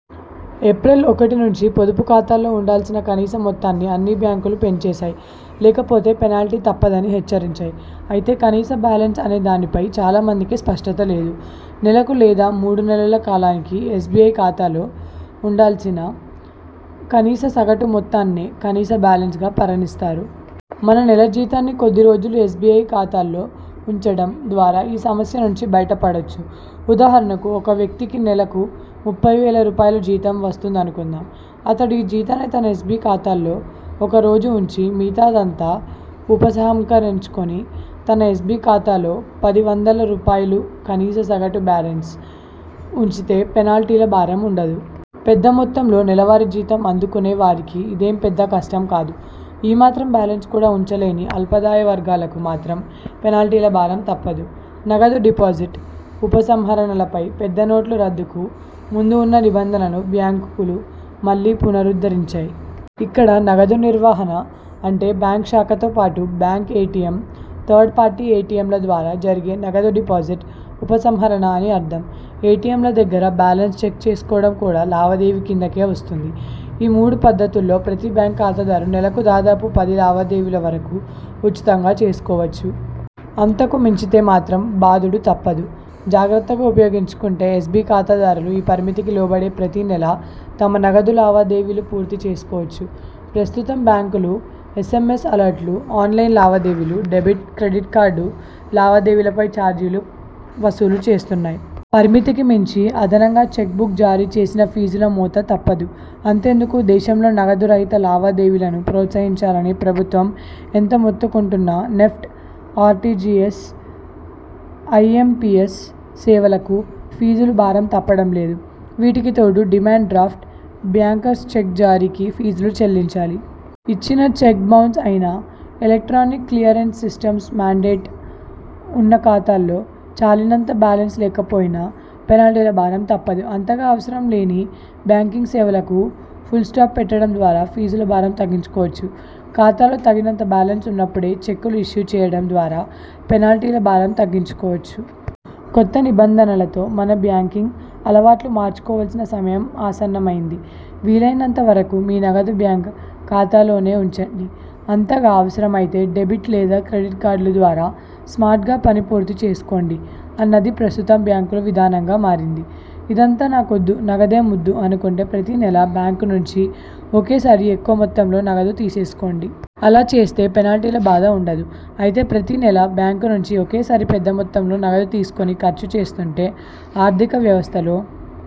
April ఒకటి నుంచి పొదుపు ఖాతాలో ఉండాల్సిన కనీస మొత్తాన్ని అన్ని బ్యాంకులు పెంచేశాయి. లేక పోతే పెనాల్టీ తప్పదని హెచ్చరించాయి. అయితే కనీస బాలెన్స్ అనే దానిపై చాలా మందికి స్పష్టత లేదు. నెలకు లేదా మూడు నెలల కాలానికి ఎస్బి ఖాతాలో ఉండాల్సిన కనీస సగటు మొత్తాన్నే 'కనీస బాలెన్స్'గా పరిగణిస్తారు. మన నెల జీతాన్ని కొద్ది రోజులు ఎస్బి ఖాతాలో ఉంచడం ద్వారా ఈ సమస్య నుంచి బయట పడొచ్చు. ఉదాహరణకు ఒక వ్యక్తికి నెలకు ముప్పై వేల రూపాయలు జీతం వస్తోందనుకుందాం. అతడు ఈ జీతాన్ని తన ఎస్బి ఖాతాలో ఒక రోజు ఉంచి, మిగతాదంతా ఉపసంహరిచుకుని, తన ఎస్బి ఖాతాలో పది వందల రూపాయలు కనీస సగటు బాలెన్స్ ఉంచితే పెనాల్టీల భారం ఉండదు. పెద్ద మొత్తంలో నెలవారీ జీతం అందుకునే వారికి ఇదేం పెద్ద కష్టం కాదు. ఈ మాత్రం బాలెన్స్ కూడా ఉంచలేని అల్పాదాయ వర్గాలకు మాత్రం పెనాల్టీల భారం తప్పదు. నగదు డిపాజిట్, ఉపసంహరణలపై పెద్ద నోట్ల రద్దుకు ముందు ఉన్న నిబంధనలను బ్యాంకులు మళ్లీ పునరుద్ధరించాయి. ఇక్కడ నగదు నిర్వహణ అంటే బ్యాంక్ శాఖతో పాటు, బ్యాంక్ ఎటిఎం, థర్డ్ పార్టీ ఎటిఎంల ద్వారా జరిగే నగదు డిపాజిట్, ఉపసంహరణ అని అర్థం. ఎటిఎంల దగ్గర బాలెన్స్ చెక్ చేసుకోవడం కూడా లావాదేవీ కిందికే వస్తుంది. ఈ మూడు పద్దతుల్లో ప్రతి బ్యాంక్ ఖాతాదారు నెలకు దాదాపు పది లావాదేవీల వరకు ఉచితంగా చేసుకోవచ్చు. అంతకు మించితే మాత్రం బాదుడు తప్పదు. జాగ్రత్తగా ఉపయోగించుకుంటే ఎస్బి ఖాతాదారులు ఈ పరిమితికి లోబడే ప్రతి నెలా తమ నగదు లావా దేవీలు పూర్తి చేసుకోవచ్చు. ప్రస్తుతం బ్యాంకులు ఎస్ఎంఎస్ అలర్టులు, ఆన్లైన్ లావాదేవీలు, డెబిట్, క్రెడిట్ కార్డు లావా దేవీలపై చార్జీలు వసూలు చేస్తున్నాయి. పరిమితికి మించి అదనంగా చెక్ బుక్ జారీ చేసినా ఫీజుల మోత తప్పదు. అంతెందుకు దేశంలో నగదు రహిత లావా దేవీలను ప్రోత్సహించాలని ప్రభుత్వం ఎంత మొత్తుకుంటున్నా నెఫ్ట్, ఆర్టిజిఎస్, ఐఎంపిఎస్ సేవలకూ ఫీజులు భారం తప్పడం లేదు. వీటికి తోడు డిమాండ్ డ్రాఫ్ట్, బ్యాంకర్స్ చెక్ జారీకి ఫీజులు చెల్లించాలి. ఇచ్చిన చెక్ బౌన్స్ అయినా, ఎలక్ట్రానిక్ క్లియరెన్స్ సిస్టమ్స్ మాండేట్ ఉన్న ఖాతాలో చాలినంత బాలెన్స్ లేకపోయినా పెనాల్టీల భారం తప్పదు. అంతగా అవసరం లేని బ్యాంకింగ్ సేవలకు ఫుల్స్టాప్ పెట్టడం ద్వారా ఫీజుల భారం తగ్గించు కోవచ్చు. ఖాతాలో తగినంత బాలెన్స్ ఉన్నపుడే చెక్కులు ఇష్యూ చేయడం ద్వారా పెనాల్టీల భారం తగ్గించు కోవచ్చు. కొత్త నిబంధనలతో మన బ్యాంకింగ్ అలవాట్లూ మార్చుకోవలసిన సమయం ఆసన్నమైంది. వీలైనంత వరకు మీ నగదు బ్యాంక్ ఖాతాలోనే ఉంచండి. అంతగా అవసరమైతే డెబిట్ లేదా క్రెడిట్ కార్డుల ద్వారా స్మార్ట్గా పని పూర్తి చేసుకోండి అన్నది ప్రస్తుతం బ్యాంకుల విధానంగా మారింది. ఇదంతా నాకొద్దు, నగదే ముద్దు అనుకుంటే ప్రతి నెలా బ్యాంక్ నుంచి ఒకేసారి ఎక్కువ మొత్తంలో నగదు తీసేసుకోండి. అలా చేస్తే పెనాల్టీల బాధ ఉండదు. అయితే ప్రతి నెలా బ్యాంకు నుంచి ఒకేసారి పెద్ద మొత్తంలో నగదు తీసుకుని ఖర్చు చేస్తుంటే, ఆర్థిక వ్యవస్థలో